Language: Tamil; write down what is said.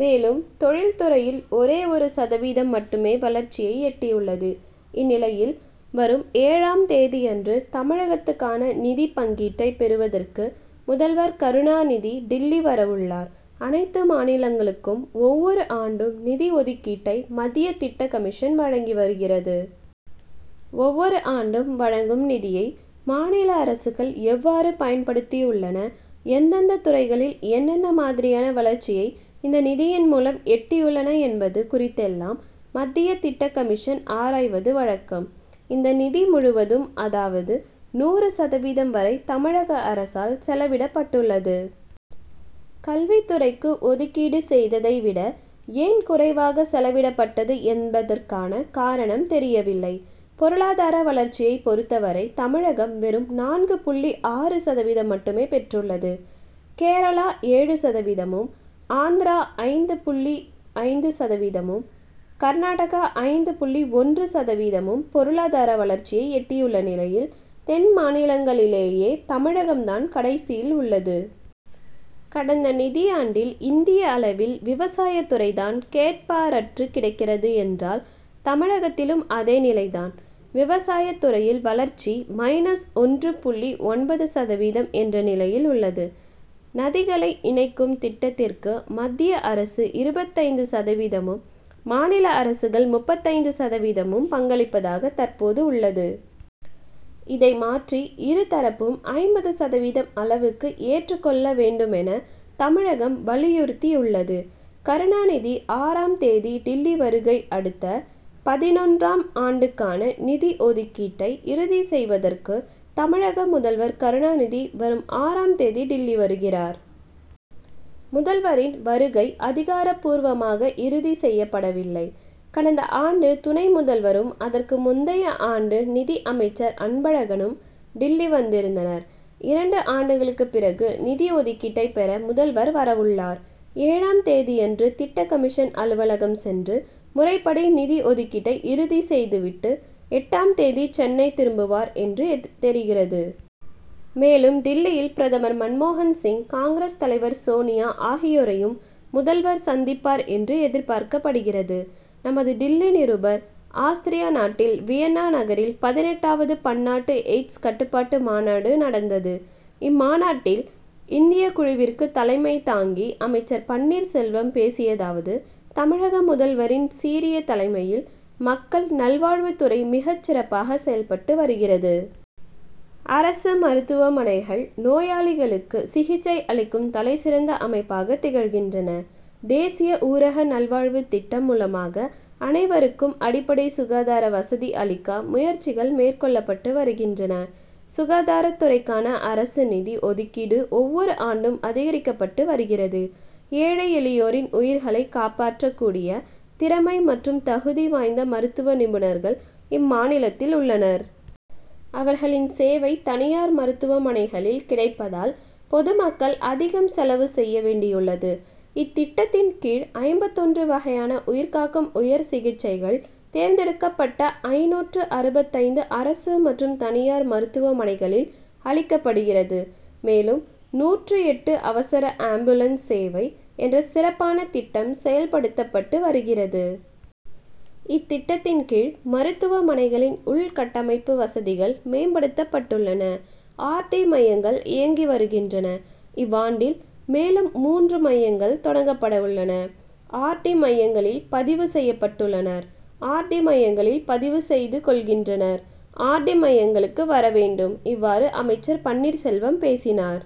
மேலும் தொழில் துறையில் ஒரே ஒரு சதவீதம் மட்டுமே வளர்ச்சியை எட்டியுள்ளது. இந்நிலையில் வரும் ஏழாம் ஆம் தேதியன்று தமிழகத்துக்கான நிதி பங்கீட்டை பெறுவதற்கு முதல்வர் கருணாநிதி டில்லி வரவுள்ளார். அனைத்து மாநிலங்களுக்கும் ஒவ்வொரு ஆண்டும் நிதி ஒதுக் கீட்டை மத்திய திட்டக்கமிஷன் வழங்கி வருகிறது. ஒவ்வொரு ஆண்டும் வழங்கும் நிதியை மாநில அரசுகள் எவ்வாறு பயன்படுத்தியுள்ளன எந்தெந்த துறைகளில் என்னென்ன மாதிரியான வளர்ச்சியை இந்த நிதியின் மூலம் எட்டியுள்ளன என்பது குறித்தெல்லாம் மத்திய திட்டக்கமிஷன் ஆராய்வது வழக்கம். இந்த நிதி முழுவதும் அதாவது நூறு சதவீதம் வரை தமிழக அரசால் செலவிடப் பட்டுள்ளது. கல்வித் துறைக்கு ஒதுக்கீடு செய்ததை விட ஏன் குறைவாக செலவிடப்பட்டது என்பதற்கான காரணம் தெரியவில்லை. பொருளதார வளர்ச்சியைப் பொறுத்தவரை தமிழகம் வெறும் நான்கு புள்ளி ஆறு சதவீதம் மட்டுமே பெற்றுள்ளது. கேரளா ஏழு சதவீதமும், ஆந்திரா ஐந்து புள்ளி ஐந்து சதவீதமும் கர்நாடகா ஐந்து புள்ளி ஒன்று சதவீதமும் பொருளாதார வளர்ச்சியை எட்டியுள்ள நிலையில் தென்மாநிலங்களிலேயே தமிழகம் தான் கடைசியில் உள்ளது. கடந்த நிதியாண்டில் இந்திய அளவில் விவசாயத்துறை தான் கேட்பாரற்று கிடக்கிறது என்றால் தமிழகத்திலும் அதே நிலை தான். விவசாயத் துறையில் வளர்ச்சி மைனஸ் ஒன்று புள்ளி ஒன்பது சதவீதம் என்ற நிலையில் உள்ளது. நதிகளை இணைக்கும் திட்டத்திற்கு மத்திய அரசு இருபத்தைந்து சதவீதமும் மாநில அரசுகள் முப்பத்தைந்து சதவீதமும் பங்களிப்பதாக தற்போது உள்ளது. இதை மாற்றி இரு தரப்பும் ஐம்பது சதவீதம் அளவுக்கு ஏற்றுக்கொள்ள வேண்டுமென தமிழகம் வலியுறுத்தியுள்ளது. கருணாநிதி ஆறாம் தேதி டில்லி வருகை அடுத்த பதினொன்று ஆம் ஆண்டுக்கான நிதி ஒதுக்கீட்டை இறுதி செய்வதற்கு தமிழக முதல்வர் கருணாநிதி வரும் ஆறாம் தேதி டில்லி வருகிறார். முதல்வரின் வருகை அதிகாரப்பூர்மாக இறுதி செய்யப்படவில்லை. கடந்த ஆண்டு துணை முதல்வரும் அதற்கு முந்தைய ஆண்டு நிதி அமைச்சர் அன்பழகனும் டில்லி வந்திருந்தனர். இரண்டு ஆண்டுகளுக்கு பிறகு நிதி ஒதுக்கீட்டை பெற முதல்வர் வரவுள்ளார். ஏழு ஆம் தேதியன்று திட்டக்கமிஷன் அலுவலகம் சென்று முறைப்படி நிதி ஒதுக்கீட்டை இறுதி செய்துவிட்டு எட்டு ஆம் தேதி சென்னை திரும்புவார் என்று தெரிகிறது. மேலும் டில்லியில் பிரதமர் மன்மோகன் சிங் காங்கிரஸ் தலைவர் சோனியா ஆகியோரையும் முதல்வர் சந்திப்பார் என்று எதிர்பார்க்கப்படுகிறது. -நமது டில்லி நிருபர்- ஆஸ்திரியா நாட்டில் வியன்னா நகரில் பதினெட்டு ஆவது பன்னாட்டு எய்ட்ஸ் கட்டுப்பாட்டு மாநாடு நடந்தது. இம்மாநாட்டில் இந்திய குழுவிற்கு தலைமை தாங்கி அமைச்சர் பன்னீர்செல்வம் பேசியதாவது தமிழக முதல்வரின் சீரிய தலைமையில் மக்கள் நல்வாழ் வுத்துறை மிகச் சிறப்பாக செயல் பட்டு வருகிறது. அரசு மருத்துவமனைகள் நோயாளிகளுக்கு சிகிச்சை அளிக்கும் தலை சிறந்த அமைப்பாக திகழ்கின்றன. தேசிய ஊரக நல்வாழ்வுத் திட்டம் மூலமாக அனைவருக்கும் அடிப்படை சுகாதார வசதி அளிக்க முயற்சிகள் மேற்கொள்ளப்பட்டு வருகின்றன. சுகாதாரத் துறைக்கான அரசு நிதி ஒதுக்கீடு ஒவ்வொரு ஆண்டும் அதிகரிக்கப்பட்டு வருகிறது. ஏழை எளியோரின் உயிர்களை காப்பாற்றக் கூடிய திறமை மற்றும் தகுதி வாய்ந்த மருத்துவ நிபுணர்கள் இம் மாநிலத்தில் உள்ளனர். அவர்களின் சேவை தனியார் மருத்துவமனைகளில் கிடைப்பதால் பொது மக்கள் அதிகம் செலவு செய்ய வேண்டியுள்ளது. இத்திட்டத்தின் கீழ் ஐம்பத்தொன்று வகையான உயிர்காக்கும் உயர் சிகிச்சைகள் தேர்ந்தெடுக்கப் பட்ட ஐநூற்று அறுபத்தைந்து அரசு மற்றும் தனியார் மருத்துவமனைகளில் அளிக்கப்படுகிறது. மேலும் நூற்று எட்டு அவசர ஆம்புலன்ஸ் சேவை என்ற சிறப்பான திட்டம் செயல்படுத்தப்பட்டு வருகிறது. இத்திட்டத்தின் கீழ் மருத்துவமனைகளின் உள்கட்டமைப்பு வசதிகள் மேம்படுத்தப் பட்டுள்ளன. ஆர். டி. மையங்கள் இயங்கி வருகின்றன. இவ்வாண்டில் மேலும் மூன்று மையங்கள் தொடங்கப்படவுள்ளன. ஆர். டி.மையங்களில் பதிவு செய்யப்பட்டுள்ளனர். ஆர். டி. மையங்களில் பதிவு செய்து கொள்கின்றனர். ஆர். டி. மையங்களுக்கு வரவேண்டும். இவ்வாறு அமைச்சர் பன்னீர் செல்வம் பேசினார்.